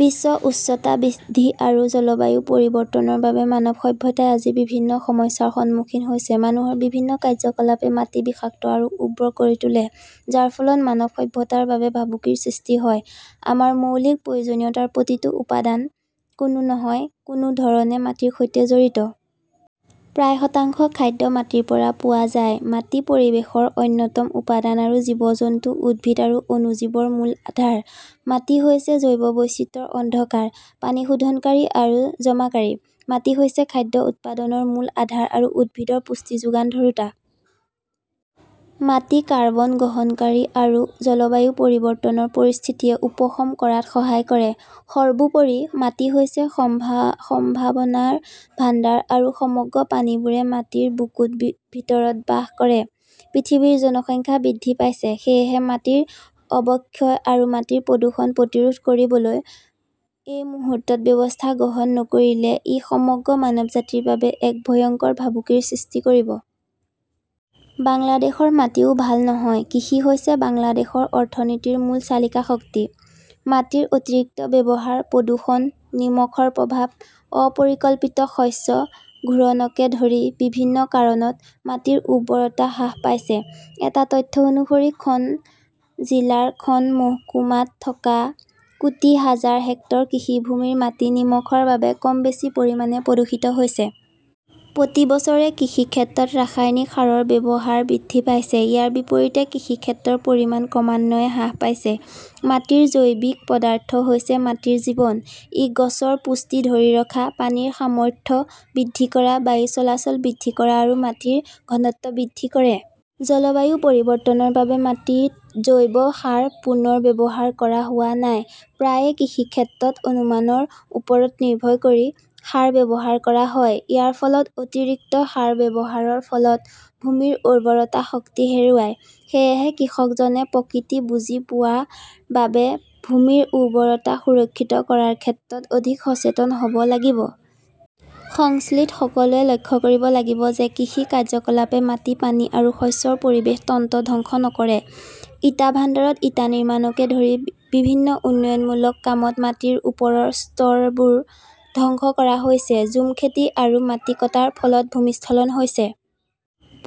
বিশ্ব উষ্ণতা বৃদ্ধি আৰু জলবায়ু পৰিৱৰ্তনৰ বাবে মানৱ সভ্যতাই আজি বিভিন্ন সমস্যাৰ সন্মুখীন হৈছে। মানুহৰ বিভিন্ন কাৰ্যকলাপে মাটি বিষাক্ত আৰু উৰ্বৰ কৰি তোলে, যাৰ ফলত মানৱ সভ্যতাৰ বাবে ভাবুকিৰ সৃষ্টি হয়। আমাৰ মৌলিক প্ৰয়োজনীয়তাৰ প্ৰতিটো উপাদান কোনো নহয় কোনো ধৰণে মাটিৰ সৈতে জড়িত। প্ৰায় শতাংশ খাদ্য মাটিৰ পৰা পোৱা যায়। মাটি পৰিৱেশৰ অন্যতম উপাদান আৰু জীৱ-জন্তু, উদ্ভিদ আৰু অণুজীৱৰ মূল আধাৰ। মাটি হৈছে জৈৱ বৈচিত্ৰ্যৰ অন্ধকাৰ, পানী শোধনকাৰী আৰু জমাকাৰী। মাটি হৈছে খাদ্য উৎপাদনৰ মূল আধাৰ আৰু উদ্ভিদৰ পুষ্টি যোগান ধৰোঁতা। মাটি কাৰ্বন গ্ৰহণকাৰী আৰু জলবায়ু পৰিৱৰ্তনৰ পৰিস্থিতিয়ে উপশম কৰাত সহায় কৰে। সৰ্বোপৰি, মাটি হৈছে সম্ভাৱনাৰ ভাণ্ডাৰ আৰু সমগ্ৰ প্ৰাণীবোৰে মাটিৰ বুকুৰ ভিতৰত বাস কৰে। পৃথিৱীৰ জনসংখ্যা বৃদ্ধি পাইছে। সেয়েহে মাটিৰ অৱক্ষয় আৰু মাটিৰ প্ৰদূষণ প্ৰতিৰোধ কৰিবলৈ এই মুহূৰ্তত ব্যৱস্থা গ্ৰহণ নকৰিলে ই সমগ্ৰ মানৱজাতিৰ বাবে এক ভয়ংকৰ ভাবুকিৰ সৃষ্টি কৰিব। বাংলাদেশৰ মাটিও ভাল নহয়। কৃষি হৈছে বাংলাদেশৰ অৰ্থনীতিৰ মূল চালিকা শক্তি। মাটিৰ অতিৰিক্ত ব্যৱহাৰ, প্ৰদূষণ, নিমখৰ প্ৰভাৱ, অ-পৰিকল্পিত শস্য ঘূৰণকে ধৰি বিভিন্ন কাৰণত মাটিৰ উৰ্বৰতা হ্ৰাস পাইছে। এটা তথ্য অনুসৰি, খন জিলাৰ খন মহকুমাত থকা কোটি হাজাৰ হেক্টৰ কৃষিভূমিৰ মাটি নিমখৰ বাবে কম বেছি পৰিমাণে প্ৰদূষিত হৈছে। প্ৰতি বছৰে কৃষিক্ষেত্ৰত ৰাসায়নিক সাৰৰ ব্যৱহাৰ বৃদ্ধি পাইছে, ইয়াৰ বিপৰীতে কৃষিক্ষেত্ৰৰ পৰিমাণ ক্ৰমান্বয়ে হ্ৰাস পাইছে। মাটিৰ জৈৱিক পদাৰ্থ হৈছে মাটিৰ জীৱন। ই গছৰ পুষ্টি ধৰি ৰখা, পানীৰ সামৰ্থ্য বৃদ্ধি কৰা, বায়ু চলাচল বৃদ্ধি কৰা আৰু মাটিৰ ঘনত্ব বৃদ্ধি কৰে। জলবায়ু পৰিৱৰ্তনৰ বাবে মাটিত জৈৱ সাৰ পুনৰ্ব্যৱহাৰ কৰা হোৱা নাই। প্ৰায়ে কৃষিক্ষেত্ৰত অনুমানৰ ওপৰত নিৰ্ভৰ কৰি সাৰ ব্যৱহাৰ কৰা হয়। ইয়াৰ ফলত অতিৰিক্ত সাৰ ব্যৱহাৰৰ ফলত ভূমিৰ উৰ্বৰতা শক্তি হেৰুৱায়। সেয়েহে কৃষকজনে প্ৰকৃতি বুজি পোৱাৰ বাবে ভূমিৰ উৰ্বৰতা সুৰক্ষিত কৰাৰ ক্ষেত্ৰত অধিক সচেতন হ 'ব লাগিব। সংশ্লিষ্ট সকলোৱে লক্ষ্য কৰিব লাগিব যে কৃষি কাৰ্যকলাপে মাটি, পানী আৰু শস্যৰ পৰিৱেশ তন্ত্ৰ ধ্বংস নকৰে। ইটা ভাণ্ডাৰত ইটা নিৰ্মাণকে ধৰি বিভিন্ন উন্নয়নমূলক কামত মাটিৰ ওপৰৰ স্তৰবোৰ ধ্বংস কৰা হৈছে। ঝুম খেতি আৰু মাটি কটাৰ ফলত ভূমিস্খলন হৈছে।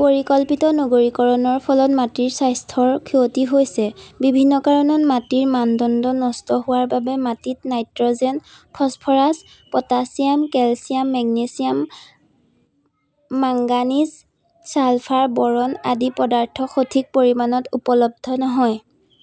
পৰিকল্পিত নগৰীকৰণৰ ফলত মাটিৰ স্বাস্থ্যৰ ক্ষতি হৈছে। বিভিন্ন কাৰণত মাটিৰ মানদণ্ড নষ্ট হোৱাৰ বাবে মাটিত nitrogen, phosphorus, potassium, calcium, magnesium, manganese, sulphur, boron আদি পদাৰ্থ সঠিক পৰিমাণত উপলব্ধ নহয়।